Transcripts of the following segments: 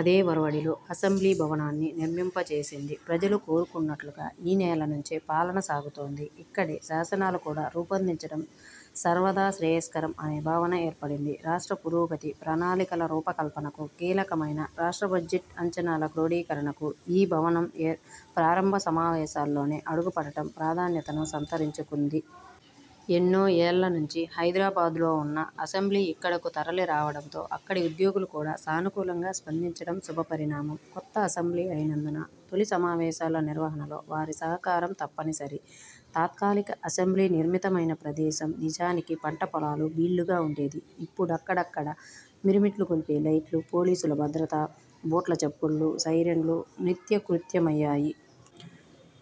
అదే ఒరవడిలో అసెంబ్లీ భవనాన్ని నిర్మింపచేసింది. ప్రజలు కోరుకున్నట్లుగా ఈ నేల నుంచే పాలన సాగుతోంది. ఇక్కడే శాసనాలు కూడా రూపొందించడం సర్వదా శ్రేయస్కరం అనే భావన ఏర్పడింది. రాష్ట్ర పురోగతి, ప్రణాళికల రూపకల్పనకు కీలకమైన రాష్ట్ర బడ్జెట్ అంచనాల క్రోడీకరణకు ఈ భవనం ప్రారంభ సమావేశాల్లోనే అడుగుపడటం ప్రాధాన్యతను సంతరించుకుంది. ఎన్నో ఏళ్ల నుంచి హైదరాబాద్లో ఉన్న అసెంబ్లీ ఇక్కడకు తరలిరావడంతో అక్కడి ఉద్యోగులు కూడా సానుకూలంగా స్పందించడం శుభపరిణామం. కొత్త అసెంబ్లీ అయినందున తొలి సమావేశాల నిర్వహణలో వారి సహకారం తప్పనిసరి. తాత్కాలిక అసెంబ్లీ నిర్మితమైన ప్రదేశం నిజానికి పంట పొలాలు, బీళ్లుగా ఉండేది. ఇప్పుడక్కడ మిరుమిట్లుగొలిపే లైట్లు, పోలీసుల భద్రతా బూట్ల చప్పళ్లు, సైరన్లు నిత్యకృత్యమయ్యాయి.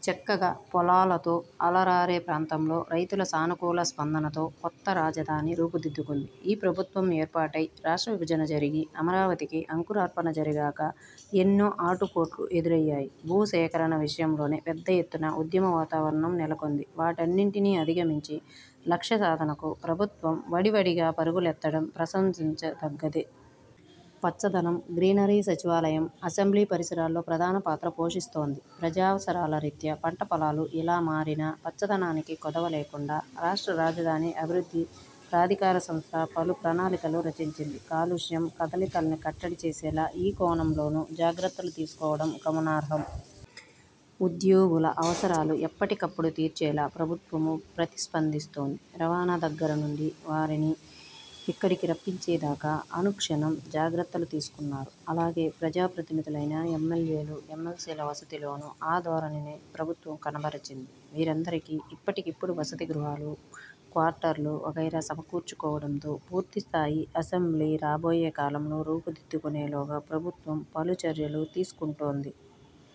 చక్కగా పొలాలతో అలరారే ప్రాంతంలో రైతుల సానుకూల స్పందనతో కొత్త రాజధాని రూపుదిద్దుకుంది. ఈ ప్రభుత్వం ఏర్పాటై రాష్ట్ర విభజన జరిగి, అమరావతికి అంకురార్పణ జరిగాక ఎన్నో ఆటుపోట్లు ఎదురయ్యాయి. భూసేకరణ విషయంలోనే పెద్ద ఎత్తున ఉద్యమ వాతావరణం నెలకొంది. వాటన్నింటినీ అధిగమించి లక్ష్య సాధనకు ప్రభుత్వం వడివడిగా పరుగులెత్తడం ప్రశంసించదగ్గదే. పచ్చదనం గ్రీనరీ సచివాలయం, అసెంబ్లీ పరిసరాల్లో ప్రధాన పాత్ర పోషిస్తోంది. ప్రజావసరాల రీత్యా పంట పొలాలు ఇలా మారినా పచ్చదనానికి కొదవ లేకుండా రాష్ట్ర రాజధాని అభివృద్ధి ప్రాధికార సంస్థ పలు ప్రణాళికలు రచించింది. కాలుష్యం కదలికల్ని కట్టడి చేసేలా ఈ కోణంలోనూ జాగ్రత్తలు తీసుకోవడం గమనార్హం. ఉద్యోగుల అవసరాలు ఎప్పటికప్పుడు తీర్చేలా ప్రభుత్వమూ ప్రతిస్పందిస్తోంది. రవాణా దగ్గరనుంచి వారిని ఇక్కడికి రప్పించేదాకా అనుక్షణం జాగ్రత్తలు తీసుకున్నారు. అలాగే, ప్రజా ప్రతినిధులైన ఎమ్మెల్యేలు, ఎమ్మెల్సీల వసతిలోనూ ఆ ధోరణినే ప్రభుత్వం కనబరచింది. వీరందరికీ ఇప్పటికిప్పుడు వసతి గృహాలు, క్వార్టర్లు వగైరా సమకూర్చుకోవడంతో, పూర్తి స్థాయి అసెంబ్లీ రాబోయే కాలంలో రూపుదిద్దుకొనే లోగా ప్రభుత్వం పలు చర్యలు తీసుకుంటోంది.